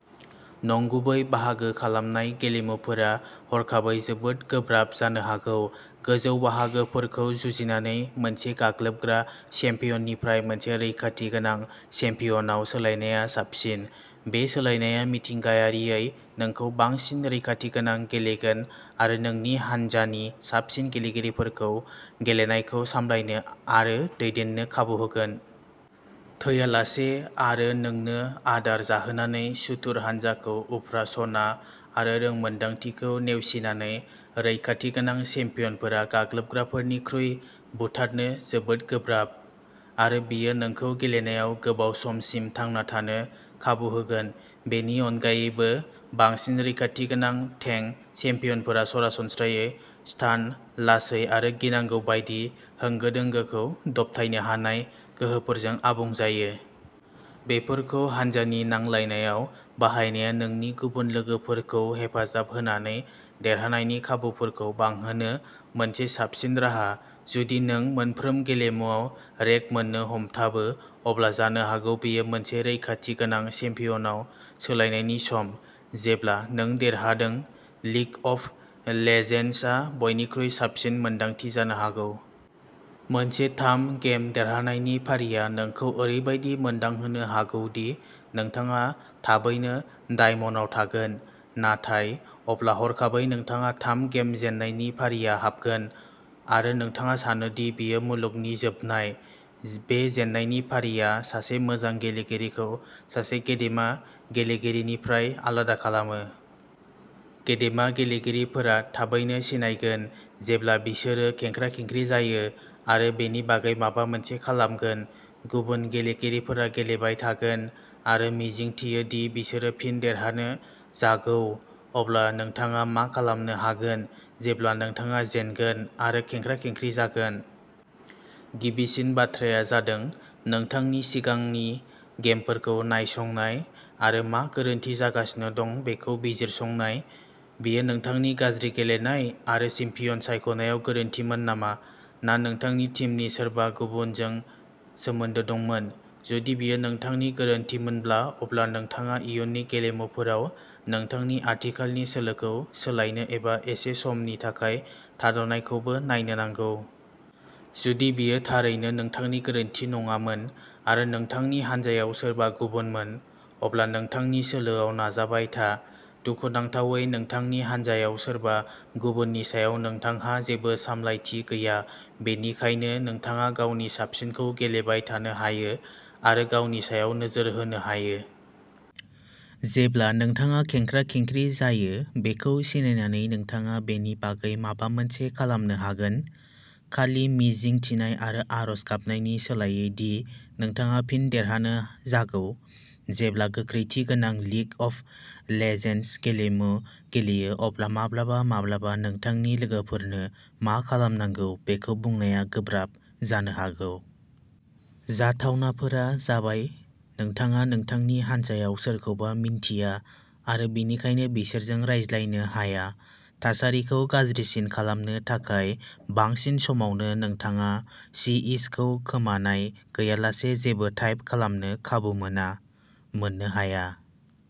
नंगुबै बाहागो खालामनाय गेलेमुफोरा हरखाबै जोबोद गोब्राब जानो हागौ। गोजौ बाहागोफोरखौ जुजिनानै, मोनसे गाग्लोबग्रा चेम्पियननिफ्राय मोनसे रैखाथि गोनां चेम्पियनआव सोलायनाया साबसिन। बे सोलायनाया मिथिंगायारियै नोंखौ बांसिन रैखाथि गोनां गेलेगोन आरो नोंनि हानजानि साबसिन गेलेगिरिफोरखौ गेलेनायखौ सामलायनो आरो दैदेननो खाबु होगोन। थैयालासे आरो नोंनो आदार जाहोनानै सुथुर हान्जाखौ उफ्रा सना आरो रोंमोन्दांथिखौ नेवसिनानै। रैखाथि गोनां चेम्पियनफोरा गाग्लोबग्राफोरनिख्रुइ बुथारनो जोबोद गोब्राब, आरो बेयो नोंखौ गेलेनायाव गोबाव समसिम थांना थानो खाबु होगोन। बेनि अनगायैबो, बांसिन रैखाथि गोनां टेंक चेम्पियनफोरा सरासनस्रायै स्टान, लासै आरो गिनांगौ बायदि होंगो दोंगोखौ दबथायनो हानाय गोहोफोरजों आबुं जायो। बेफोरखौ हानजानि नांलायनायाव बाहायनाया नोंनि गुबुन लोगोफोरखौ हेफाजाब होनानै देरहानायनि खाबुफोरखौ बांहोनो मोनसे साबसिन राहा। जुदि नों मोनफ्रोम गेलेमुआव रेक मोननो हमथाबो, अब्ला जानो हागौ बेयो मोनसे रैखाथि गोनां चेम्पियनआव सोलायनायनि सम। जेब्ला नों देरहादों, लिग अफ लेजेन्ड्सआ बयनिख्रुइ साबसिन मोन्दांथि जानो हागौ। मोनसे थाम गेम देरहानायनि फारिआ नोंखौ ओरैबायदि मोनदांहोनो हागौ दि नोंथाङा थाबैनो डायमन्डआव थागोन। नाथाय अब्ला हरखाबै नोंथाङा थाम गेम जेननायनि फारिआ हाबगोन, आरो नोंथाङा सानो दि बेयो मुलुगनि जोबनाय। बे जेननायनि फारिआ सासे मोजां गेलेगिरिखौ सासे गेदेमा गेलेगिरिनिफ्राय आलादा खालामो। गेदेमा गेलेगिरि फोरा थाबैनो सिनायगोन जेब्ला बिसोरो खेंख्रा-खेंख्रि जायो आरो बेनि बागै माबा मोनसे खालामगोन। गुबुन गेलेगिरिफोरा गेलेबाय थागोन आरो मिजिंथियो दि बिसोरो फिन देरहानो जागौ। अब्ला नोंथाङा मा खालामनो हागोन जेब्ला नोंथाङा जेनगोन आरो खेंख्रा-खेंख्रि जागोन? गिबिसिन बाथ्राया जादों नोंथांनि सिगांनि गेमफोरखौ नायसंनाय आरो मा गोरोन्थि जागासिनो दं बेखौ बिजिरसंनाय। बेयो नोंथांनि गाज्रि गेलेनाय आरो चेम्पियन सायख'नायाव गोरोन्थिमोन नामा? ना नोंथांनि टीमनि सोरबा गुबुनजों सोमोन्दो दंमोन? जुदि बेयो नोंथांनि गोरोन्थिमोनब्ला, अब्ला नोंथाङा इयुननि गेलेमुफोराव नोंथांनि आथिखालनि सोलोखौ सोलायनो एबा एसे समनि थाखाय थाद'नायखौबो नायनो नांगौ। जुदि बेयो थारैनो नोंथांनि गोरोन्थि नङामोन आरो नोंथांनि हानजायाव सोरबा गुबुनमोन, अब्ला नोंथांनि सोलोआव थाबाय था। दुखुनांथावै, नोंथांनि हान्जायाव सोरबा गुबुननि सायाव नोंथांहा जेबो सामलायथि गैया, बेनिखायनो नोंथाङा गावनि साबसिनखौ गेलेबाय थानो हायो आरो गावनि सायाव नोजोर होनो हायो। जेब्ला नोंथाङा खेंख्रा-खेंख्रि जायो बेखौ सिनायनानै नोंथाङा बेनि बागै माबा मोनसे खालामनो हागोन, खालि मिजिं थिनाय आरो आरज गाबनायनि सोलायै दि नोंथाङा फिन देरहानो जागौ। जेब्ला गोख्रैथि गोनां लिग अफ लेजेन्डस गेलेमु गेलेयो, अब्ला माब्लाबा-माब्लाबा नोंथांनि लोगोफोरनो मा खालामनांगौ बेखौ बुंनाया गोब्राब जानो हागौ। जाथावनाफोरा जाबाय नोंथाङा नोंथांनि हान्जायाव सोरखौबा मिन्थिया आरो बेनिखायनो बिसोरजों रायज्लायनो हाया। थासारिखौ गाज्रिसिन खालामनो थाखाय, बांसिन समावनो नोंथाङा सि इस खौ खोमानाय गैयालासे जेबो टाइप खालामनो खाबु मोना, मोननो हाया।